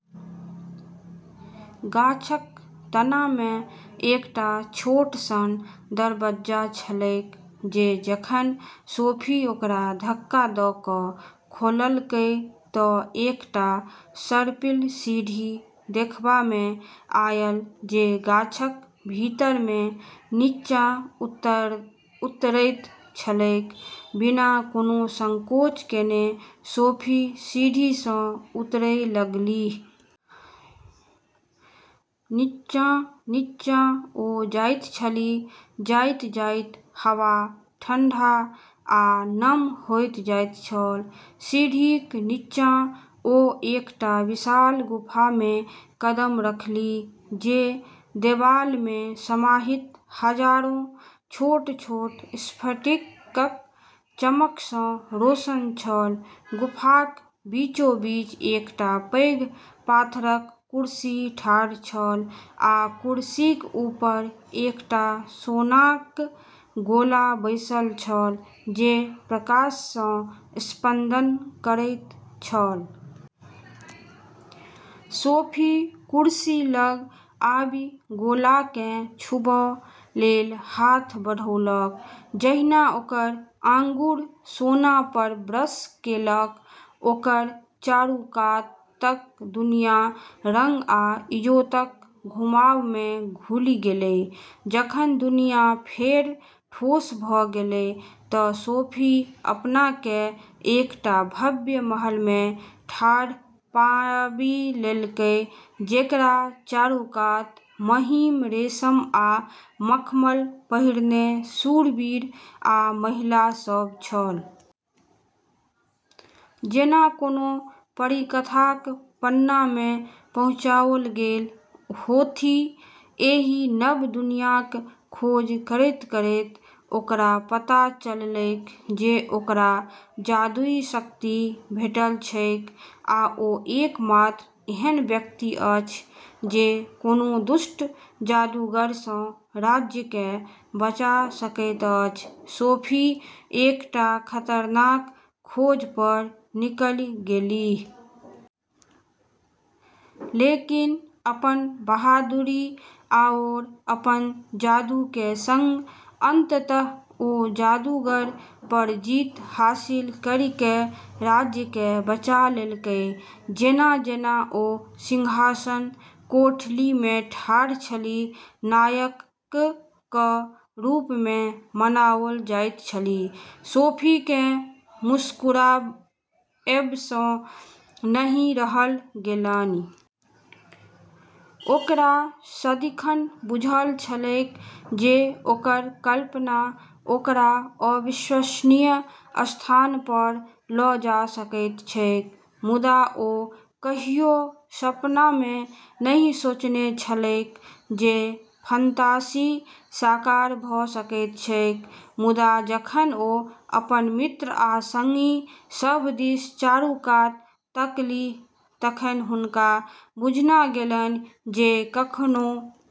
गाछक तनामे एकटा छोट सन दरबज्जा छलैक जे जखन सोफी ओकरा धक्का द' क' खोललकै त' एकटा सर्पिल सीढ़ी देखबामे आयल जे गाछक भीतरमे निच्चा उतरैत छलैक। बिना कोनो संकोच केने सोफी सीढ़ीसँ उतरै लगलीह। निच्चाँ - निच्चाँ ओ जाइत छलीह, जाइत-जाइत हवा ठंढा आ नम होइत जाइत छल। सीढ़ीक निच्चाँ ओ एकटा विशाल गुफामे कदम रखलीह, जे देबालमे समाहित हजारों छोट-छोट स्फटिकक चमकसँ रोशन छल। गुफाक बीचोबीच एकटा पैघ पाथरक कुरसी ठाढ़ छल, आ कुरसीक ऊपर एकटा सोनाक गोला बैसल छल, जे प्रकाशसँ स्पंदन करैत छल। सोफी कुरसी लग आबि गोलाकेँ छूबऽ लेल हाथ बढ़ौलक। जहिना ओकर आँगुर सोना पर ब्रश केलक, ओकर चारूकातक दुनिया रङ्ग आ इजोतक घुमावमे घुलि गेलै। जखन दुनिया फेर ठोस भ' गेलै त' सोफी अपनाके एकटा भव्य महलमे ठाढ़ पाबि लेलकै, जेकरा चारू कात महीन रेशम आ मखमल पहिरने शूरवीर आ महिला सब छल। जेना कोनो परीकथाक पन्नामे पहुँचाओल गेल होथि! एहि नव दुनियाँक खोज करैत-करैत ओकरा पता चललैक जे ओकरा जादुई शक्ति भेटल छैक आ ओ एकमात्र एहन व्यक्ति अछि जे कोनो दुष्ट जादूगरसँ राज्यकेँ बचा सकैत अछि सोफी एकटा खतरनाक खोज पर निकलि गेलीह, हर मोड़ पर खतरा आ चुनौतीके सामना करै पड़लनि। लेकिन, अपन बहादुरी आओर अपन जादूके सङ्ग, अंततः ओ जादूगर पर जीत हासिल करिके राज्यके बचा लेलकै। जेना-जेना ओ सिंहासन कोठलीमे ठाढ़ छलीह, नायकक रूपमे मनाओल जाइत छलीह, सोफीकेँ मुस्कुराएबसँ नहि रहल गेलनि। ओकरा सदिखन बूझल छलैक जे ओकर कल्पना ओकरा अविश्वसनीय स्थान पर ल' जा सकैत छैक, मुदा ओ कहियो सपनामे नहि सोचने छलैक जे फंतासी साकार भ' सकैत छैक। मुदा, जखन ओ अपन मित्र आ संगी सभ दिस चारू कात तकलीह, तखन हुनका बुझना गेलनि जे कखनो काल फंतासी आ यथार्थक बीचक रेखा ओतेक स्पष्ट नहि होइत छनि जतेक ओ कहियो सोचने छलीह।